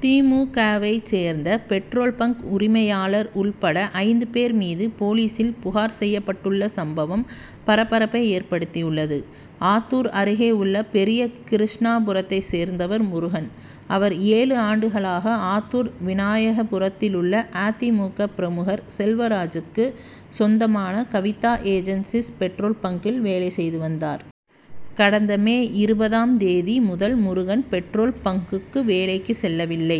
தி மு கவை சேர்ந்த பெட்ரோல் பங்க் உரிமையாளர் உள்பட ஐந்து பேர் மீது போலீஸில் புகார் செய்யப்பட்டுள்ள சம்பவம் பரபரப்பை ஏற்படுத்தியுள்ளது. ஆத்தூர் அருகே உள்ள பெரிய கிருஷ்ணாபுரத்தை சேர்ந்தவர் முருகன். அவர் ஏழு ஆண்டுகளாக ஆத்தூர் விநாயகபுரத்திலுள்ள அ தி மு க பிரமுகர் செல்வராஜூக்கு சொந்தமான கவிதா ஏஜன்சிஸ் பெட்ரோல் பங்கில் வேலை செய்து வந்தார். கடந்த மே இருபதாம் தேதி முதல் முருகன் பெட்ரோல் பங்க்குக்கு வேலைக்கு செல்லவில்லை.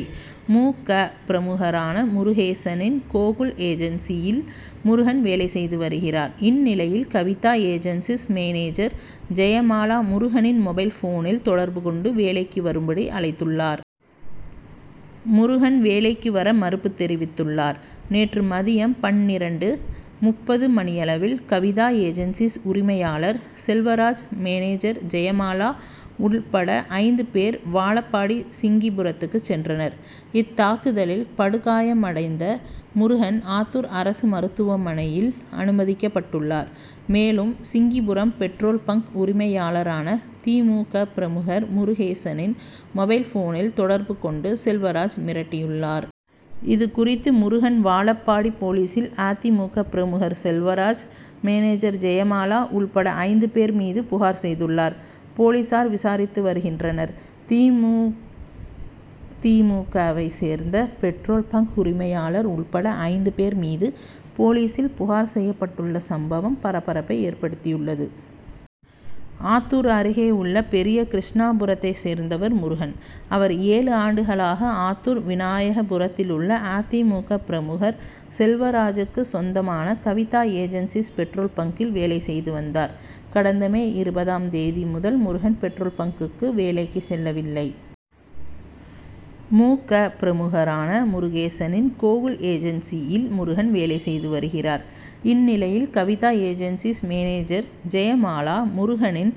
மு க பிரமுகரான முருகேசனின் கோகுல் ஏஜன்சியில் முருகன் வேலை செய்து வருகிறார். இந்நிலையில் கவிதா ஏஜன்சிஸ் மேனேஜர் ஜெயமாலா முருகனின் மொபைல் ஃபோனில் தொடர்பு கொண்டு வேலைக்கு வரும்படி அழைத்துள்ளார். முருகன் வேலைக்கு வர மறுப்பு தெரிவித்துள்ளார். நேற்று மதியம் பன்னிரண்டு.முப்பது மணியளவில் கவிதா ஏஜன்சிஸ் உரிமையாளர் செல்வராஜ் மேனேஜர் ஜெயமாலா உள்பட ஐந்து பேர் வாழப்பாடி சிங்கிபுரத்துக்கு சென்றனர். இத்தாக்குதலில் படுகாயமடைந்த முருகன் ஆத்தூர் அரசு மருத்துவமனையில் அனுமதிக்கப்பட்டுள்ளார். மேலும் சிங்கிபுரம் பெட்ரோல் பங்க் உரிமையாளரான தி மு க பிரமுகர் முருகேசனின் மொபைல் ஃபோனில் தொடர்பு கொண்டு செல்வராஜ் மிரட்டியுள்ளார். இது குறித்து முருகன் வாழப்பாடி போலீஸில் அ தி மு க பிரமுகர் செல்வராஜ் மேனேஜர் ஜெயமாலா உள்பட ஐந்து பேர் மீது புகார் செய்துள்ளார். போலீஸார் விசாரித்து வருகின்றனர். தி மு தி மு கவை சேர்ந்த பெட்ரோல் பங்க் உரிமையாளர் உள்பட ஐந்து பேர் மீது போலீஸில் புகார் செய்யப்பட்டுள்ள சம்பவம் பரபரப்பை ஏற்படுத்தியுள்ளது. ஆத்தூர் அருகே உள்ள பெரிய கிருஷ்ணாபுரத்தை சேர்ந்தவர் முருகன். அவர் ஏழு ஆண்டுகளாக ஆத்தூர் விநாயகபுரத்திலுள்ள அ தி மு க பிரமுகர் செல்வராஜூக்கு சொந்தமான கவிதா ஏஜன்சிஸ் பெட்ரோல் பங்கில் வேலை செய்து வந்தார். கடந்த மே இருபதாம் தேதி முதல் முருகன் பெட்ரோல் பங்க்குக்கு வேலைக்கு செல்லவில்லை. மு க பிரமுகரான முருகேசனின் கோகுல் ஏஜன்சியில் முருகன் வேலை செய்து வருகிறார். இந்நிலையில் கவிதா ஏஜன்சிஸ் மேனேஜர் ஜெயமாலா முருகனின்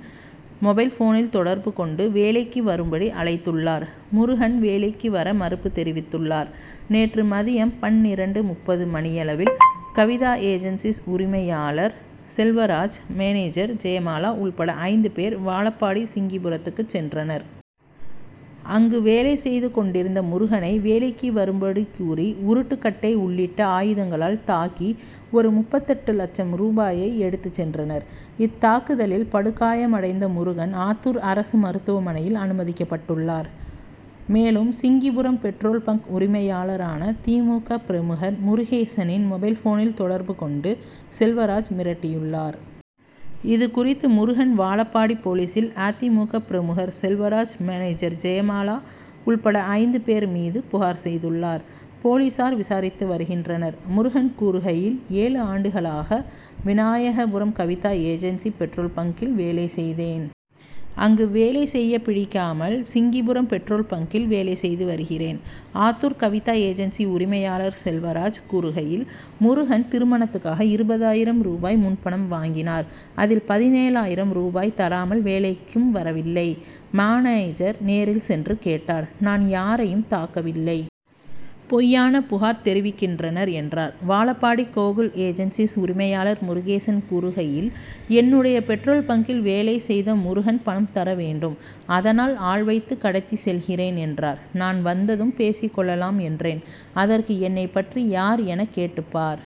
மொபைல் ஃபோனில் தொடர்பு கொண்டு வேலைக்கு வரும்படி அழைத்துள்ளார். முருகன் வேலைக்கு வர மறுப்பு தெரிவித்துள்ளார். நேற்று மதியம் பன்னிரண்டு.முப்பது மணியளவில் கவிதா ஏஜன்சிஸ் உரிமையாளர் செல்வராஜ் மேனேஜர் ஜெயமாலா உள்பட ஐந்து பேர் வாழப்பாடி சிங்கிபுரத்துக்கு சென்றனர். அங்கு வேலை செய்து கொண்டிருந்த முருகனை வேலைக்கு வரும்படி கூறி உருட்டு கட்டை உள்ளிட்ட ஆயுதங்களால் தாக்கி ஒரு.முப்பத்தெட்டு லட்சம் ரூபாயை எடுத்து சென்றனர். இத்தாக்குதலில் படுகாயமடைந்த முருகன் ஆத்தூர் அரசு மருத்துவமனையில் அனுமதிக்கப்பட்டுள்ளார். மேலும் சிங்கிபுரம் பெட்ரோல் பங்க் உரிமையாளரான தி மு க பிரமுகர் முருகேசனின் மொபைல் ஃபோனில் தொடர்பு கொண்டு செல்வராஜ் மிரட்டியுள்ளார். இது குறித்து முருகன் வாழப்பாடி போலீஸில் அ தி மு க பிரமுகர் செல்வராஜ் மேனேஜர் ஜெயமாலா உள்பட ஐந்து பேர் மீது புகார் செய்துள்ளார். போலீஸார் விசாரித்து வருகின்றனர். முருகன் கூறுகையில் ஏழு ஆண்டுகளாக விநாயகபுரம் கவிதா ஏஜென்சி பெட்ரோல் பங்கில் வேலை செய்தேன். அங்கு வேலை செய்ய பிடிக்காமல் சிங்கிபுரம் பெட்ரோல் பங்கில் வேலை செய்து வருகிறேன். ஆத்தூர் கவிதா ஏஜன்சி உரிமையாளர் செல்வராஜ் கூறுகையில் முருகன் திருமணத்துக்காக இருபதாயிரம் ரூபாய் முன்பணம் வாங்கினார். அதில் பதினேழாயிரம் ரூபாய் தராமல் வேலைக்கும் வரவில்லை. மானேஜர் நேரில் சென்று கேட்டார். நான் யாரையும் தாக்கவில்லை. பொய்யான புகார் தெரிவிக்கின்றனர் என்றார். வாழப்பாடி கோகுல் ஏஜன்சிஸ் உரிமையாளர் முருகேசன் கூறுகையில் என்னுடைய பெட்ரோல் பங்கில் வேலை செய்த முருகன் பணம் தரவேண்டும். அதனால் ஆள் வைத்து கடத்தி செல்கிறேன் என்றார். நான் வந்ததும் பேசிக்கொள்ளலாம் என்றேன். அதற்கு என்னை பற்றி யார் என கேட்டு பார்.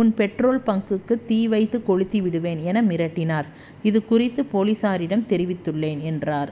உன் பெட்ரோல் பங்க்குக்கு தீ வைத்து கொளுத்திவிடுவேன் என மிரட்டினார். இது குறித்து போலீஸாரிடம் தெரிவித்துள்ளேன் என்றார்.